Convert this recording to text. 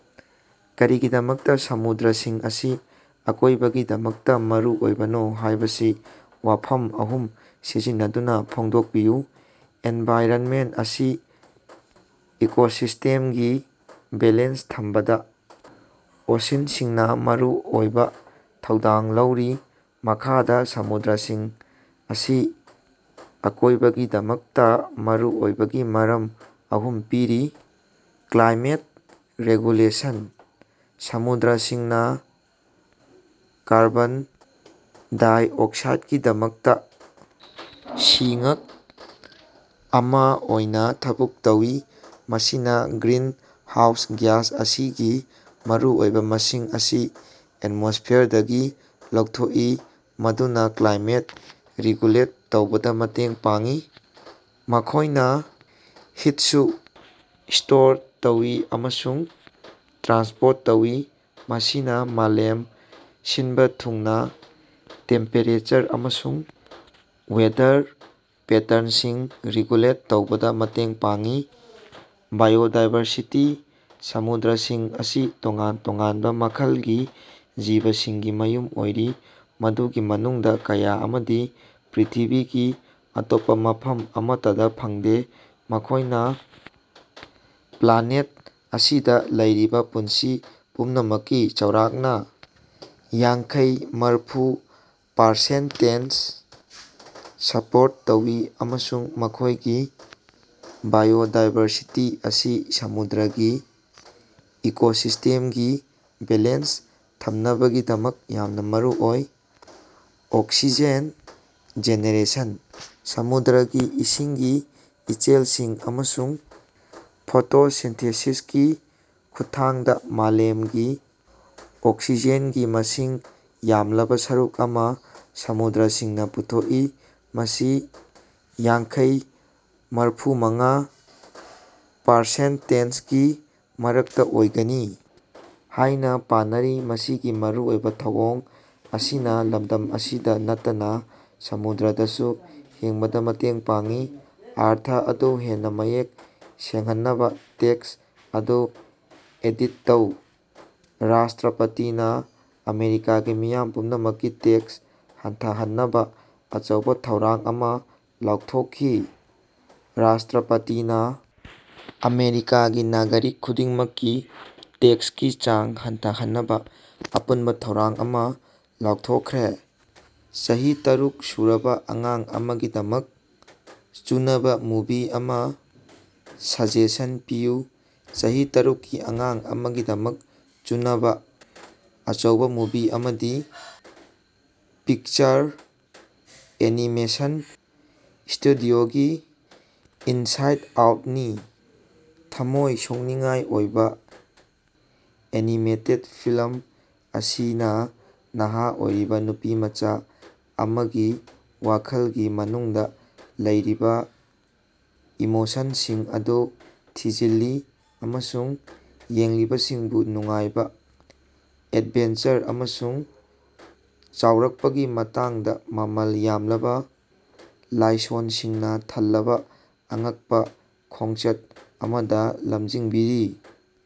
ꯀꯔꯤꯒꯤꯗꯃꯛꯇꯥ ꯁꯃꯨꯗ꯭ꯔꯁꯤꯡ ꯑꯁꯤ ꯑꯀꯣꯏꯕꯒꯤꯗꯃꯛꯇꯥ ꯃꯔꯨꯑꯣꯏꯕꯅꯣ ꯍꯥꯏꯕꯁꯤ ꯋꯥꯐꯝ ꯑꯍꯨꯝ ꯁꯤꯖꯤꯟꯅꯗꯨꯅꯥ ꯐꯣꯡꯗꯣꯛꯄꯤꯌꯨ꯫ ꯑꯦꯟꯚꯥꯏꯔꯟꯃꯦꯟ ꯑꯃꯁꯨꯡ ꯏꯀꯣꯁꯤꯁꯇꯦꯝꯒꯤ ꯕꯦꯂꯦꯟꯁ ꯊꯝꯕꯗꯥ ꯑꯣꯁꯤꯟꯁꯤꯡꯅꯥ ꯃꯔꯨꯑꯣꯏꯕ ꯊꯧꯗꯥꯡ ꯂꯧꯔꯤ꯫ ꯃꯈꯥꯗ ꯁꯃꯨꯗ꯭ꯔꯁꯤꯡ ꯑꯁꯤ ꯑꯀꯣꯏꯕꯒꯤꯗꯃꯛꯇꯥ ꯃꯔꯨꯑꯣꯏꯕꯒꯤ ꯃꯔꯝ ꯑꯍꯨꯝ ꯄꯤꯔꯤ: ꯀ꯭ꯂꯥꯏꯃꯦꯠ ꯔꯦꯒꯨꯂꯦꯁꯟ: ꯁꯃꯨꯗ꯭ꯔꯁꯤꯡꯅꯥ ꯀꯥꯔꯕꯣꯟ ꯗꯥꯏꯑꯣꯛꯁꯥꯏꯠꯀꯤꯗꯃꯛꯇꯥ "ꯁꯤꯉ꯭ꯛ" ꯑꯃ ꯑꯣꯏꯅ ꯊꯕꯛ ꯇꯧꯏ, ꯃꯁꯤꯅ ꯒ꯭ꯔꯤꯟ ꯍꯥꯎꯁ ꯒ꯭ꯌꯥꯁ ꯑꯁꯤꯒꯤ ꯃꯔꯨꯑꯣꯏꯕ ꯃꯁꯤꯡ ꯑꯁꯤ ꯑꯦꯠꯃꯣꯁꯐꯤꯌꯔꯗꯒꯤ ꯂꯧꯊꯣꯛꯏ, ꯃꯗꯨꯅ ꯀ꯭ꯂꯥꯏꯃꯦꯠ ꯔꯤꯒꯨꯂꯦꯠ ꯇꯧꯕꯗ ꯃꯇꯦꯡ ꯄꯥꯡꯏ꯫ ꯃꯈꯣꯏꯅ ꯍꯤꯠꯁꯨ ꯁ꯭ꯇꯣꯔ ꯇꯧꯏ ꯑꯃꯁꯨꯡ ꯇ꯭ꯔꯥꯟꯁꯄꯣꯔꯠ ꯇꯧꯏ, ꯃꯁꯤꯅ ꯃꯥꯂꯦꯝ ꯁꯤꯟꯕ ꯊꯨꯡꯅꯥ ꯇꯦꯝꯄꯦꯔꯦꯆꯔ ꯑꯃꯁꯨꯡ ꯋꯦꯗꯔ ꯄꯦꯇꯔꯟꯁꯤꯡ ꯔꯤꯒꯨꯂꯦꯠ ꯇꯧꯕꯗ ꯃꯇꯦꯡ ꯄꯥꯡꯏ꯫ ꯕꯥꯏꯑꯣꯗꯥꯏꯕꯔꯁꯤꯇꯤ: ꯁꯃꯨꯗ꯭ꯔꯁꯤꯡ ꯑꯁꯤ ꯇꯣꯉꯥꯟ ꯇꯣꯉꯥꯟꯕ ꯃꯈꯜꯒꯤ ꯖꯤꯕꯁꯤꯡꯒꯤ ꯃꯌꯨꯝ ꯑꯣꯏꯔꯤ, ꯃꯗꯨꯒꯤ ꯃꯅꯨꯡꯗꯥ ꯀꯌꯥ ꯑꯃꯗꯤ ꯄ꯭ꯔ꯭ꯤꯊꯤꯕꯤꯒꯤ ꯑꯇꯣꯞꯄ ꯃꯐꯝ ꯑꯃꯠꯇꯗꯥ ꯐꯪꯗꯦ꯫ ꯃꯈꯣꯏꯅ ꯄ꯭ꯂꯥꯟꯅꯦꯠ ꯑꯁꯤꯗ ꯂꯩꯔꯤꯕ ꯄꯨꯟꯁꯤ ꯄꯨꯝꯅꯃꯛꯀꯤ ꯆꯥꯎꯔꯛꯅ ꯌꯥꯡꯈꯩ-ꯃꯔꯐꯨ ꯄꯥꯔꯁꯦꯟꯇꯦꯟꯁ ꯁ꯭ꯄꯣꯔꯠ ꯇꯧꯏ, ꯑꯃꯁꯨꯡ ꯃꯈꯣꯏꯒꯤ ꯕꯥꯏꯑꯣꯗꯥꯏꯕꯔꯁꯤꯇꯤ ꯑꯁꯤ ꯁꯃꯨꯗ꯭ꯔꯒꯤ ꯏꯀꯣꯁꯤꯁ꯭ꯇꯦꯝꯁꯤꯡꯒꯤ ꯕꯦꯂꯦꯟꯁ ꯊꯝꯅꯕꯒꯤꯗꯃꯛ ꯌꯥꯝꯅ ꯃꯔꯨꯑꯣꯏ꯫ ꯑꯣꯛꯁꯤꯖꯦꯟ ꯖꯦꯅꯦꯔꯦꯁꯟ: ꯁꯃꯨꯗ꯭ꯔꯒꯤ ꯏꯁꯤꯡꯒꯤ ꯏꯆꯦꯜꯁꯤꯡ ꯑꯃꯁꯨꯡ ꯐꯣꯇꯣꯁꯤꯟꯊꯦꯁꯤꯁꯀꯤ ꯈꯨꯠꯊꯥꯡꯗ ꯃꯥꯂꯦꯝꯒꯤ ꯑꯣꯛꯁꯤꯖꯦꯟꯒꯤ ꯃꯁꯤꯡ ꯌꯥꯝꯂꯕ ꯁꯔꯨꯛ ꯑꯃ ꯁꯃꯨꯗ꯭ꯔꯁꯤꯡꯅꯥ ꯄꯨꯊꯣꯛꯏ, ꯃꯁꯤ ꯌꯥꯡꯈꯩ-ꯃꯔꯐꯨꯃꯉꯥ ꯄꯔꯁꯦꯟꯇꯦꯟꯁꯒꯤ ꯃꯔꯛꯇꯥ ꯑꯣꯏꯒꯅꯤ ꯍꯥꯏꯅ ꯄꯥꯅꯔꯤ꯫ ꯃꯁꯤꯒꯤ ꯃꯔꯨꯑꯣꯏꯕ ꯊꯧꯑꯣꯡ ꯑꯁꯤꯅ ꯂꯝꯗꯝ ꯑꯁꯤꯗ ꯅꯠꯇꯅ ꯁꯃꯨꯗ꯭ꯔꯗꯁꯨ ꯍꯤꯡꯕꯗꯥ ꯃꯇꯦꯡ ꯄꯥꯡꯏ꯫ ꯑꯔꯊ ꯑꯗꯨ ꯍꯦꯟꯅꯥ ꯃꯌꯦꯛ ꯁꯦꯡꯍꯟꯅꯕꯥ ꯇꯦꯛꯁ ꯑꯗꯨ ꯑꯦꯗꯤꯠ ꯇꯧ꯫ ꯔꯥꯁꯇ꯭ꯔꯥꯄꯇꯤꯅꯥ ꯑꯃꯦꯔꯤꯀꯥꯒꯤ ꯃꯤꯌꯥꯝ ꯄꯨꯝꯅꯃꯛꯀꯤ ꯇꯦꯛꯁ ꯍꯟꯊꯍꯟꯅꯕꯥ ꯑꯆꯧꯕꯥ ꯊꯧꯔꯥꯡ ꯑꯃ ꯂꯥꯎꯊꯣꯛꯈꯤ꯫ ꯔꯥꯁꯇ꯭ꯔꯥꯄꯇꯤꯅꯥ ꯑꯃꯦꯔꯤꯀꯥꯒꯤ ꯅꯥꯒ꯭ꯔꯤꯛ ꯈꯨꯗꯤꯡꯃꯛꯀꯤ ꯇꯦꯛꯁꯀꯤ ꯆꯥꯡ ꯍꯟꯊꯍꯟꯅꯕꯥ ꯑꯄꯨꯟꯕꯥ ꯊꯧꯔꯥꯡ ꯑꯃ ꯂꯥꯎꯊꯣꯛꯈ꯭ꯔꯦ꯫ ꯆꯍꯤ ꯇꯔꯨꯛ ꯁꯨꯔꯕꯥ ꯑꯉꯥꯡ ꯑꯃꯒꯤꯗꯃꯛ ꯆꯨꯅꯕꯥ ꯃꯨꯚꯤ ꯑꯃ ꯁꯖꯦꯁꯟ ꯄꯤꯌꯨ꯫ ꯆꯍꯤ ꯇꯔꯨꯛꯀꯤ ꯑꯉꯥꯡ ꯑꯃꯒꯤꯗꯃꯛ ꯆꯨꯅꯕꯥ ꯑꯆꯧꯕ ꯃꯨꯚꯤ ꯑꯃꯗꯤ ꯄꯤꯛꯆꯔ ꯑꯦꯅꯤꯃꯦꯁꯟ ꯁ꯭ꯇꯨꯗꯤꯑꯣꯒꯤ "ꯏꯟꯁꯥꯏꯠ ꯑꯥꯎꯠ"ꯅꯤ꯫ ꯊꯃꯣꯏ ꯁꯣꯛꯅꯤꯡꯉꯥꯏ ꯑꯣꯏꯕ ꯑꯦꯅꯤꯃꯦꯇꯦꯠ ꯐꯤꯂꯝ ꯑꯁꯤꯅ ꯅꯍꯥ ꯑꯣꯏꯔꯤꯕ ꯅꯨꯄꯤꯃꯆꯥ ꯑꯃꯒꯤ ꯋꯥꯈꯜꯒꯤ ꯃꯅꯨꯡꯗ ꯂꯩꯔꯤꯕ ꯏꯃꯣꯁꯟꯁꯤꯡ ꯑꯗꯨ ꯊꯤꯖꯤꯜꯂꯤ ꯑꯃꯁꯨꯡ ꯌꯦꯡꯂꯤꯕꯁꯤꯡꯕꯨ ꯅꯨꯡꯉꯥꯏꯕ, ꯑꯦꯗꯚꯦꯟꯆꯔ ꯑꯃꯁꯨꯡ ꯆꯥꯎꯔꯛꯄꯒꯤ ꯃꯇꯥꯡꯗ ꯃꯃꯜ ꯌꯥꯝꯂꯕ ꯂꯥꯏꯁꯣꯟꯁꯤꯡꯅ ꯊꯜꯂꯕ ꯑꯉꯛꯄꯥ ꯈꯣꯡꯆꯠ ꯑꯃꯗ ꯂꯝꯖꯤꯡꯕꯤꯔꯤ꯫